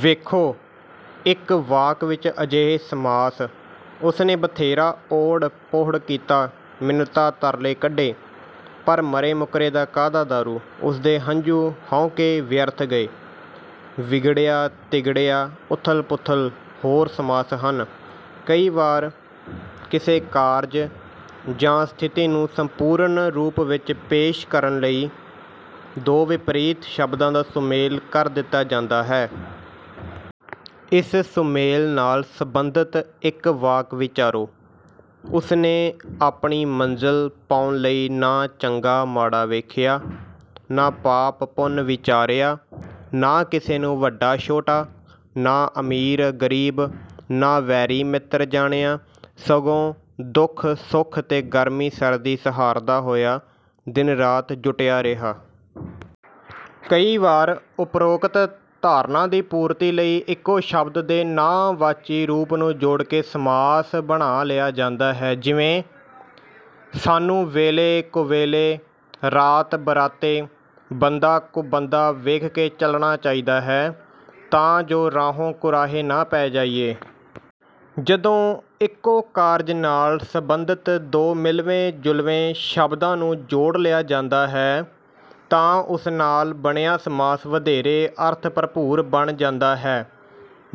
ਵੇਖੋ, ਇੱਕ ਵਾਕ ਵਿੱਚ ਅਜਿਹੇ ਸਮਾਸ “ਉਸ ਨੇ ਬਥੇਰਾ ਓਹੜ-ਪੋਹੜ ਕੀਤਾ, ਮਿੰਨਤਾਂ-ਤਰਲੇ ਕੱਢੇ, ਪਰ ਮਰੇ-ਮੁੱਕਰੇ ਦਾ ਕਾਹਦਾ ਦਾਰੂ! ਉਸ ਦੇ ਹੰਝੂ-ਹੌਕੇ ਵਿਅਰਥ ਗਏ।” ਵਿਗੜਿਆ-ਤਿਗੜਿਆ, ਉਥਲ-ਪੁਥਲ ਹੋਰ ਸਮਾਸ ਹਨ। ਕਈ ਵਾਰ ਕਿਸੇ ਕਾਰਜ ਜਾਂ ਸਥਿਤੀ ਨੂੰ ਸੰਪੂਰਨ ਰੂਪ ਵਿੱਚ ਪੇਸ਼ ਕਰਨ ਲਈ ਦੋ ਵਿਪਰੀਤ ਸ਼ਬਦਾਂ ਦਾ ਸੁਮੇਲ ਕਰ ਦਿੱਤਾ ਜਾਂਦਾ ਹੈ। ਇਸ ਸੁਮੇਲ ਨਾਲ ਸਬੰਧਤ ਇੱਕ ਵਾਕ ਵਿਚਾਰੋ: “ਉਸ ਨੇ ਆਪਣੀ ਮੰਜ਼ਲ ਪਾਉਣ ਲਈ ਨਾ ਚੰਗਾ-ਮਾੜਾ ਵੇਖਿਆ, ਨਾ ਪਾਪ-ਪੁੰਨ ਵਿਚਾਰਿਆ, ਨਾ ਕਿਸੇ ਨੂੰ ਵੱਡਾ-ਛੋਟਾ, ਨਾ ਅਮੀਰ-ਗਰੀਬ, ਨਾ ਵੈਰੀ-ਮਿੱਤਰ ਜਾਣਿਆ, ਸਗੋਂ ਦੁਖ-ਸੁਖ ਤੇ ਗਰਮੀ-ਸਰਦੀ ਸਹਾਰਦਾ ਹੋਇਆ ਦਿਨ-ਰਾਤ ਜੁਟਿਆ ਰਿਹਾ।” ਕਈ ਵਾਰ ਉਪਰੋਕਤ ਧਾਰਨਾ ਦੀ ਪੂਰਤੀ ਲਈ ਇੱਕੋ ਸ਼ਬਦ ਦੇ ਨਾਂਹ-ਵਾਚੀ ਰੂਪ ਨੂੰ ਜੋੜ ਕੇ ਸਮਾਸ ਬਣਾ ਲਿਆ ਜਾਂਦਾ ਹੈ, ਜਿਵੇਂ: “ਸਾਨੂੰ ਵੇਲੇ-ਕੁਵੇਲੇ, ਰਾਤ-ਬਰਾਤੇ, ਬੰਦਾ-ਕੁਬੰਦਾ ਵੇਖ ਕੇ ਚੱਲਣਾ ਚਾਹੀਦਾ ਹੈ, ਤਾਂ ਜੋ ਰਾਹੋਂ ਕੁਰਾਹੇ ਨਾ ਪੈ ਜਾਈਏ।” ਜਦੋਂ ਇੱਕੋ ਕਾਰਜ ਨਾਲ ਸਬੰਧਤ ਦੋ ਮਿਲਵੇਂ-ਜੁਲਵੇਂ ਸ਼ਬਦਾਂ ਨੂੰ ਜੋੜ ਲਿਆ ਜਾਂਦਾ ਹੈ, ਤਾਂ ਉਸ ਨਾਲ ਬਣਿਆ ਸਮਾਸ ਵਧੇਰੇ ਅਰਥ-ਭਰਪੂਰ ਬਣ ਜਾਂਦਾ ਹੈ।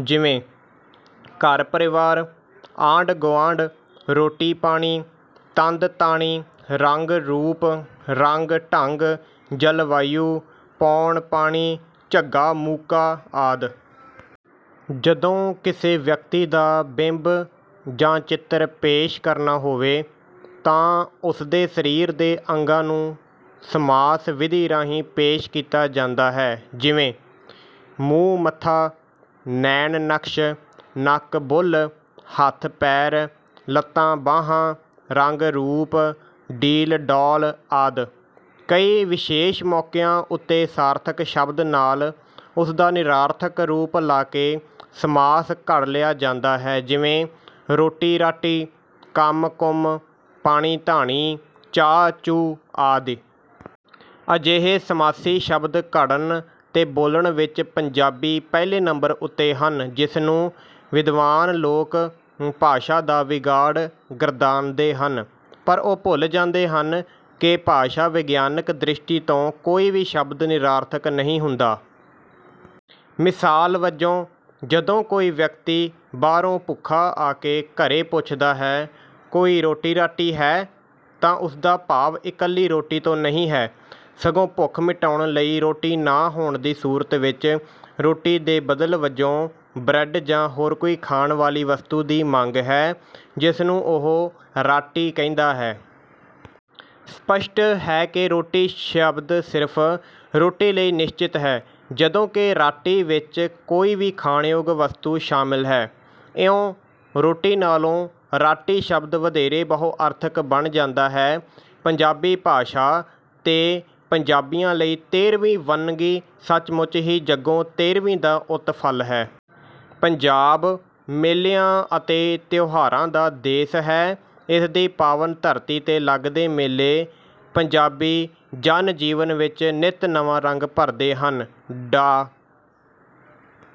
ਜਿਵੇਂ—ਘਰ-ਪਰਿਵਾਰ, ਆਂਢ-ਗੁਆਂਢ, ਰੋਟੀ-ਪਾਣੀ, ਤੰਦ-ਤਾਣੀ, ਰੰਗ-ਰੂਪ, ਰੰਗ-ਢੰਗ, ਜਲਵਾਯੂ, ਪੌਣ-ਪਾਣੀ, ਝੱਗਾ-ਮੂਕਾ ਆਦਿ। ਜਦੋਂ ਕਿਸੇ ਵਿਅਕਤੀ ਦਾ ਬਿੰਬ ਜਾਂ ਚਿੱਤਰ ਪੇਸ਼ ਕਰਨਾ ਹੋਵੇ, ਤਾਂ ਉਸ ਦੇ ਸਰੀਰ ਦੇ ਅੰਗਾਂ ਨੂੰ ਸਮਾਸ ਵਿਧੀ ਰਾਹੀਂ ਪੇਸ਼ ਕੀਤਾ ਜਾਂਦਾ ਹੈ, ਜਿਵੇਂ—ਮੂੰਹ-ਮੱਥਾ, ਨੈਣ-ਨਕਸ਼, ਨੱਕ-ਬੁੱਲ੍ਹ, ਹੱਥ-ਪੈਰ, ਲੱਤਾਂ-ਬਾਹਾਂ, ਰੰਗ-ਰੂਪ, ਡੀਲ-ਡੌਲ ਆਦਿ। ਕਈ ਵਿਸ਼ੇਸ਼ ਮੌਕਿਆਂ ਉੱਤੇ ਸਾਰਥਕ ਸ਼ਬਦ ਨਾਲ ਉਸ ਦਾ ਨਿਰਾਰਥਕ ਰੂਪ ਲਾ ਕੇ ਸਮਾਸ ਘੜ ਲਿਆ ਜਾਂਦਾ ਹੈ, ਜਿਵੇਂ—ਰੋਟੀ-ਰਾਟੀ, ਕੰਮ-ਕੁੰਮ, ਪਾਣੀ-ਧਾਣੀ, ਚਾਹ-ਚੂਹ ਆਦਿ। ਅਜਿਹੇ ਸਮਾਸੀ ਸ਼ਬਦ ਘੜਨ ਤੇ ਬੋਲਣ ਵਿੱਚ ਪੰਜਾਬੀ ਪਹਿਲੇ ਨੰਬਰ ਉੱਤੇ ਹਨ, ਜਿਸ ਨੂੰ ‘ਵਿਦਵਾਨ’ ਲੋਕ ਭਾਸ਼ਾ ਦਾ ਵਿਗਾੜ ਗਰਦਾਨਦੇ ਹਨ, ਪਰ ਉਹ ਭੁੱਲ ਜਾਂਦੇ ਹਨ ਕਿ ਭਾਸ਼ਾ-ਵਿਗਿਆਨਕ ਦ੍ਰਿਸ਼ਟੀ ਤੋਂ ਕੋਈ ਵੀ ਸ਼ਬਦ ਨਿਰਾਰਥਕ ਨਹੀਂ ਹੁੰਦਾ। ਮਿਸਾਲ ਵਜੋਂ, ਜਦੋਂ ਕੋਈ ਵਿਅਕਤੀ ਬਾਹਰੋਂ ਭੁੱਖਾ ਆ ਕੇ ਘਰੇ ਪੁੱਛਦਾ ਹੈ, “ਕੋਈ ਰੋਟੀ-ਰਾਟੀ ਹੈ?” ਤਾਂ ਉਸ ਦਾ ਭਾਵ ਇਕੱਲੀ ਰੋਟੀ ਤੋਂ ਨਹੀਂ ਹੈ, ਸਗੋਂ ਭੁੱਖ ਮਿਟਾਉਣ ਲਈ ਰੋਟੀ ਨਾ ਹੋਣ ਦੀ ਸੂਰਤ ਵਿੱਚ ਰੋਟੀ ਦੇ ਬਦਲ ਵਜੋਂ ਬਰੈੱਡ ਜਾਂ ਹੋਰ ਕੋਈ ਖਾਣ ਵਾਲੀ ਵਸਤੂ ਦੀ ਮੰਗ ਹੈ, ਜਿਸ ਨੂੰ ਉਹ ਰਾਟੀ ਕਹਿੰਦਾ ਹੈ। ਸਪਸ਼ਟ ਹੈ ਕਿ ਰੋਟੀ ਸ਼ਬਦ ਸਿਰਫ਼ ਰੋਟੀ ਲਈ ਨਿਸ਼ਚਿਤ ਹੈ, ਜਦੋਂ ਕਿ ਰਾਟੀ ਵਿੱਚ ਕੋਈ ਵੀ ਖਾਣਯੋਗ ਵਸਤੂ ਸ਼ਾਮਲ ਹੈ। ਇਉਂ, ਰੋਟੀ ਨਾਲੋਂ ਰਾਟੀ ਸ਼ਬਦ ਵਧੇਰੇ ਬਹੁ-ਅਰਥਕ ਬਣ ਜਾਂਦਾ ਹੈ। ਪੰਜਾਬੀ ਭਾਸ਼ਾ ਤੇ ਪੰਜਾਬੀਆਂ ਲਈ ਤੇਰ੍ਹਵੀਂ ਵੰਨਗੀ ਸੱਚਮੁੱਚ ਹੀ ਜੱਗੋਂ-ਤੇਰ੍ਹਵੀਂ ਦਾ ਉਤਫਲ ਹੈ। ਪੰਜਾਬ ਮੇਲਿਆਂ ਅਤੇ ਤਿਉਹਾਰਾਂ ਦਾ ਦੇਸ ਹੈ। ਇਸ ਦੀ ਪਾਵਨ ਧਰਤੀ ’ਤੇ ਲੱਗਦੇ ਮੇਲੇ ਪੰਜਾਬੀ ਜਨ-ਜੀਵਨ ਵਿੱਚ ਨਿੱਤ ਨਵਾਂ ਰੰਗ ਭਰਦੇ ਹਨ। ਡਾ....